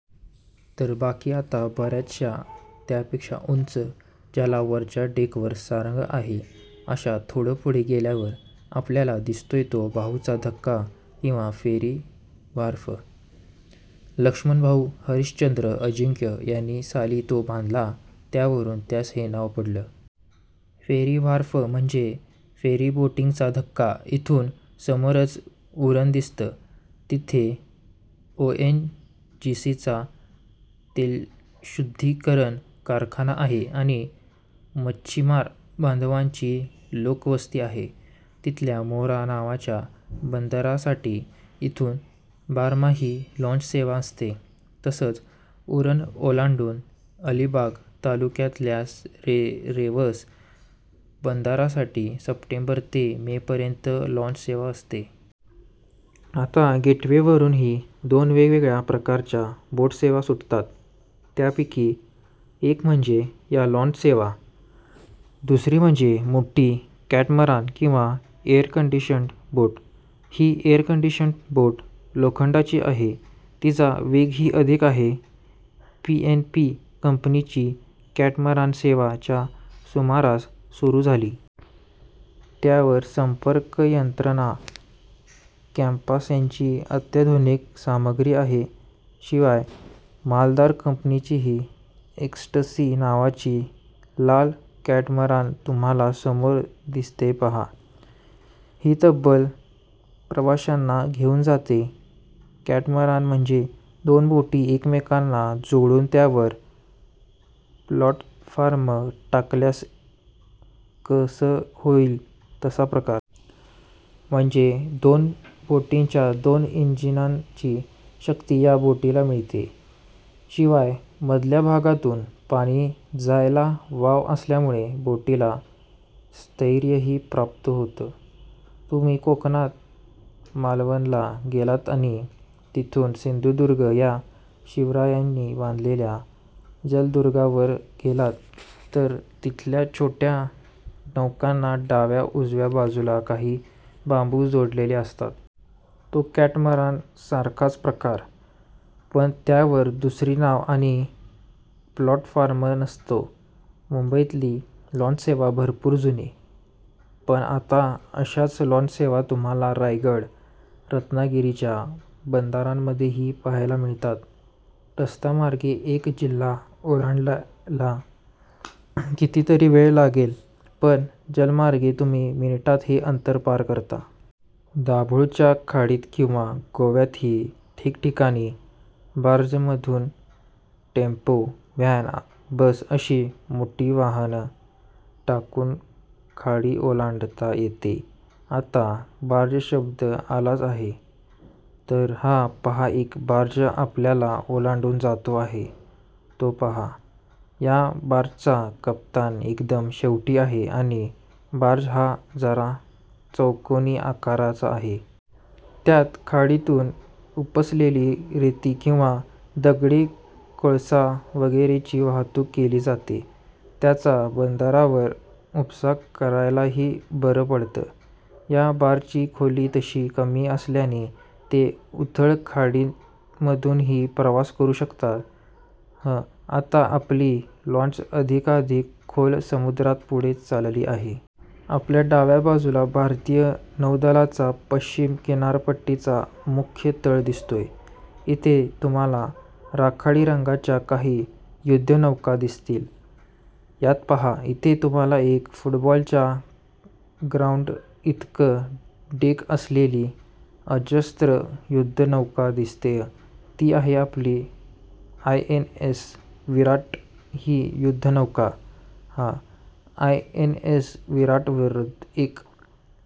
तर बाकी आता बऱ्याचशा त्यापेक्षा उंच, ज्याला वरच्या डेकवर सारंग आहे, अशा. थोडं पुढे गेल्यावर आपल्याला दिसतोय तो भाऊचा धक्का किंवा फेरी व्हार्फ. लक्ष्मणभाऊ हरिश्चंद्र अजिंक्य यांनी साली तो बांधला, त्यावरून त्यास हे नाव पडलं. फेरीव्हार्फ म्हणजे फेरीबोटींचा धक्का. इथून समोरच उरण दिसतं. तिथे ओएनजीसीचा तेलशुध्दीकरण कारखाना आहे आणि मच्छिमार बांधवांची लोकवस्ती आहे. तिथल्या मोरा नावाच्या बंदरासाठी इथून बारमाही लाँचसेवा असते. तसंच उरण ओलांडून अलिबाग तालुक्यातल्या रेवस बंदरासाठी सप्टेंबर ते मेपर्यंत लाँचसेवा असते. आता गेटवेवरूनही दोन वेगवेगळ्या प्रकारच्या बोटसेवा सुटतात. त्यापैकी एक म्हणजे या लाँचसेवा. दुसरी म्हणजे मोठी कॅटमरान किंवा एअरकंडिशन्ड बोट. ही एअरकंडिशन्ड बोट लोखंडाची आहे, तिचा वेगही अधिक आहे. पीएनपी कंपनीची कॅटमरान सेवा च्या सुमारास सुरू झाली. त्यावर संपर्कयंत्रणा, कम्पास यांची अत्याधुनिक सामग्री आहे. शिवाय मालदार कंपनीचीही एक्स्टसी नावाची लाल कॅटमरान तुम्हाला समोर दिसतेय पहा. ही तब्बल प्रवाशांना घेऊन जाते. कॅटमरान म्हणजे दोन बोटी एकमेकांना जोडून त्यावर प्लॅटफार्म टाकल्यास कसं होईल, तसा प्रकार. म्हणजे दोन बोटींच्या दोन इंजिनांची शक्ती या बोटीला मिळते, शिवाय मधल्या भागातून पाणी जायला वाव असल्यामुळे बोटीला स्थैर्यही प्राप्त होतं. तुम्ही कोकणात मालवणला गेलात आणि तिथून सिंधुदुर्ग या शिवरायांनी बांधलेल्या जलदुर्गावर गेलात, तर तिथल्या छोट्या नौकांना डाव्या-उजव्या बाजूला काही बांबू जोडलेले असतात. तो कॅटमरानसारखाच प्रकार, पण त्यावर दुसरी नाव आणि प्लॅटफॉर्म नसतो. मुंबईतली लाँचसेवा भरपूर जुनी. पण आता अशाच लाँचसेवा तुम्हाला रायगड, रत्नागिरीच्या बंदरांमध्येही पहायला मिळतात. रस्तामार्गे एक जिल्हा ओलांडायला कितीतरी वेळ लागेल, पण जलमार्गे तुम्ही मिनिटांत हे अंतर पार करता. दाभोळच्या खाडीत किंवा गोव्यातही ठिकठिकाणी बार्जमधून टेम्पो, व्हॅन, बस अशी मोठी वाहनं टाकून खाडी ओलांडता येते. आता बार्ज शब्द आलाच आहे, तर हा पहा एक बार्ज आपल्याला ओलांडून जातो आहे, तो पहा. या बार्जचा कप्तान एकदम शेवटी आहे आणि बार्ज हा जरा चौकोनी आकाराचा आहे. त्यात खाडीतून उपसलेली रेती किंवा दगडी कोळसा वगैरेची वाहतूक केली जाते. त्याचा बंदरावर उपसा करायलाही बरं पडतं. या बार्जची खोली तशी कमी असल्याने ते उथळ खाडीमधूनही प्रवास करू शकतात. हं, आता आपली लाँच अधिकाधिक खोल समुद्रात पुढे चालली आहे. आपल्या डाव्या बाजूला भारतीय नौदलाचा पश्चिम किनारपट्टीचा मुख्य तळ दिसतोय. इथे तुम्हाला राखाडी रंगाच्या काही युध्दनौका दिसतील. यात पहा, इथे तुम्हाला एक फुटबॉलच्या ग्राऊन्डइतकं डेक असलेली अजस्त्र युध्दनौका दिसतेय. ती आहे आपली आयएनएस विराट ही युध्दनौका. हं, आयएनएस विराटवरून एक